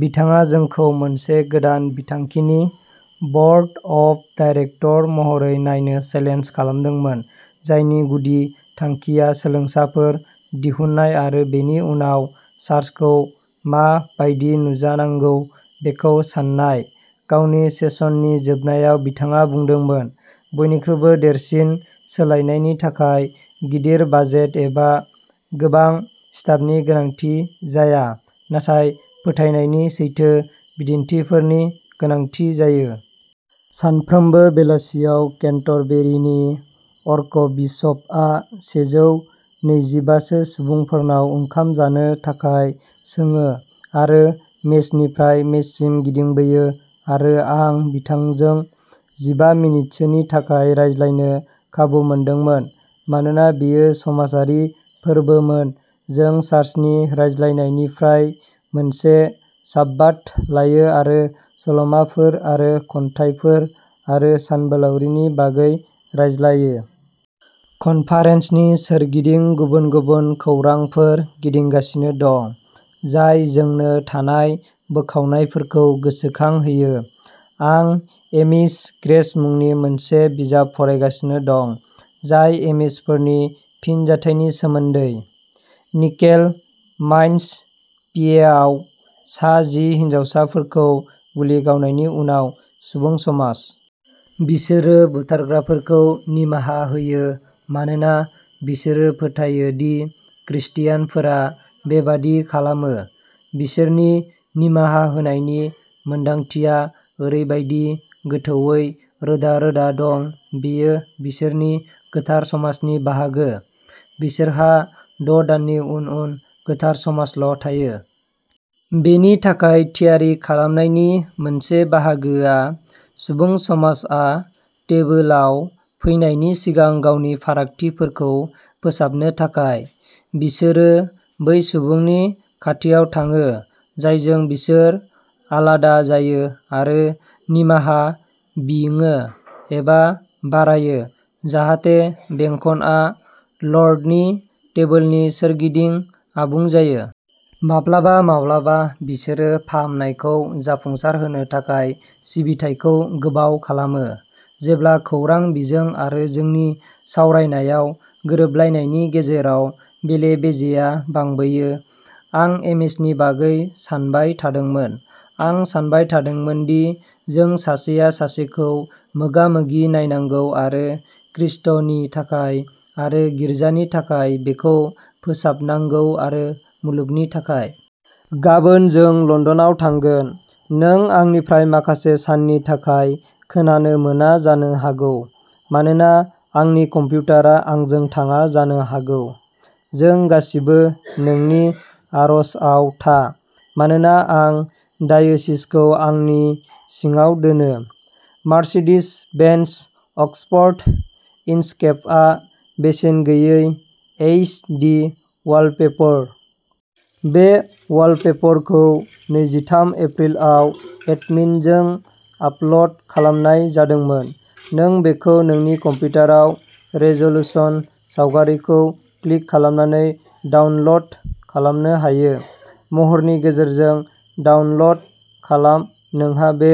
बिथाङा जोंखौ मोनसे गोदान बिथांखिनि बर्ड अफ डाइरेकटर महरै नायनो चेलेन्ज खालामदोंमोन जायनि गुदि थांखिया सोलोंसाफोर दिहुननाय आरो बेनि उनाव चार्चखौ मा बायदि नुजानांगौ बेखौ साननाय। गावनि सेसननि जोबनायाव बिथाङा बुंदोंमोन बयनिख्रुइबो देरसिन सोलायनायनि थाखाय गिदिर बाजेट एबा गोबां स्टाफनि गोनांथि जाया नाथाय फोथायनायनि सैथो बिदिन्थिफोरनि गोनांथि जायो। सानफ्रोमबो बेलासियाव केन्टरबेरिनि आर्कबिशपआ सेजौ नैजिबासो सुबुंफोरनाव ओंखाम जानो थाखाय सोङो आरो मेजनिफ्राय मेजसिम गिदिंबोयो आरो आं बिथांजों जिबा मिनिटसोनि थाखाय रायज्लायनो खाबु मोनदोंमोन। मानोना बेयो समाजारि फोरबोमोन जों चार्चनि रायज्लायनायनिफ्राय मोनसे साब्बाथ लायो आरो सल'माफोर आरो खन्थाइफोर आरो सानबोलावरिनि बागै रायज्लायो। कनफारेन्सनि सोरगिदिं गुबुन गुबुन खौरांफोर गिदिंगासिनो दं, जाय जोंनो थानाय बोखावनायफोरखौ गोसोखांहोयो। आं एमिश ग्रेस मुंनि मोनसे बिजाब फरायगासिनो दं, जाय एमिशफोरनि फिनजाथायनि सोमोन्दै। निकेल माइन्स, पिएआव सा जि हिनजावसाफोरखौ गुलि गावनायनि उनाव सुबुं समाज। बिसोरो बुथारग्राफोरखौ निमाहा होयो मानोना बिसोरो फोथायो दि ख्रिस्टियानफोरा बेबादि खालामो। बिसोरनि निमाहा होनायनि मोन्दांथिया ओरैबायदि गोथौवै रोदा रोदा दं बेयो बिसोरनि गोथार समाजनि बाहागो। बिसोरहा द' दाननि उन उन गोथार समाजल' थायो। बेनि थाखाय थियारि खालामनायनि मोनसे बाहागोआ सुबुं समाजआ टेबोलाव फैनायनि सिगां गावनि फारागथिफोरखौ फोसाबनो थाखाय। बिसोरो बै सुबुंनि खाथियाव थाङो जायजों बिसोर आलादा जायो आरो निमाहा बिङो एबा बारायो जाहाथे बेंखनआ लर्डनि टेबोलनि सोरगिदिं आबुं जायो। माब्लाबा-माब्लाबा बिसोरो फाहामनायखौ जाफुंसारहोनो थाखाय सिबिथायखौ गोबाव खालामो। जेब्ला खौरां बिजों आरो जोंनि सावरायनायाव गोरोबलायनायनि गेजेराव बेले-बेजेया बांबोयो, आं एमिशनि बागै सानबाय थादोंमोन। आं सानबाय थादोंमोन दि जों सासेया सासेखौ मोगामोगि नायनांगौ आरो ख्रिस्ट’नि थाखाय आरो गिर्जानि थाखाय बेखौ फोसाबनांगौ आरो मुलुगनि थाखाय। गाबोन जों लन्दनाव थांगोन। नों आंनिफ्राय माखासे साननि थाखाय खोनानो मोना जानो हागौ मानोना आंनि कम्पिउटारा आंजों थाङा जानो हागौ। जों गासिबो नोंनि आर'जआव था, मानोना आं डायोसिसखौ आंनि सिङाव दोनो। मार्सिडिज बेन्ज अक्सफर्ड इनचकेपआ बेसेन गैयै एइच डि वालपेपर। बे वालपेपरखौ नैजिथाम एप्रिल आव एडमिनजों आपल'ड खालामनाय जादोंमोन। नों बेखौ नोंनि कम्पिउटाराव रेज'लुसन सावगारिखौ क्लिक खालामनानै डाउनल'ड खालामनो हायो। महरनि गेजेरजों डाउनल'ड खालाम नोंहा बे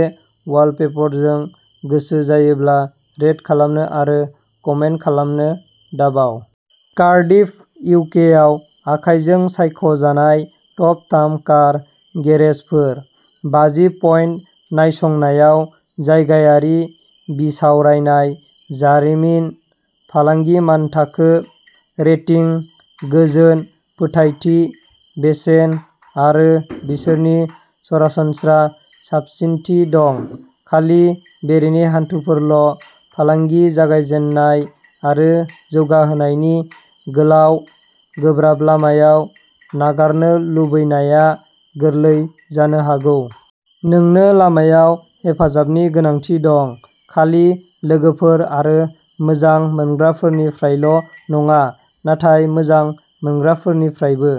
वालपेपरजों गोसो जायोब्ला रेट खालामनो आरो कमेन्ट खालामनो दाबाव। Cardiff, U. के. आव आखाइजों सायख'जानाय टप थाम कार गेरेजफोर। बाजि पइन्ट नायसंनायाव जायगायारि बिसावरायनाय जारिमिन, फालांगि मानथाखो, रेटिं, गोजोन, फोथायथि, बेसेन आरो बिसोरनि सरासनस्रा साबसिनथि दं। खालि बेरेनि हान्थुफोरल '! फालांगि जागायजेननाय आरो जौगाहोनायनि गोलाव, गोब्राब लामायाव, नागारनो लुबैनाया गोरलै जानो हागौ। नोंनो लामायाव हेफाजाबनि गोनांथि दं खालि लोगोफोर आरो मोजां मोनग्राफोरनिफ्रायल'नङा नाथाय मोजां मोनग्राफोरनिफ्रायबो।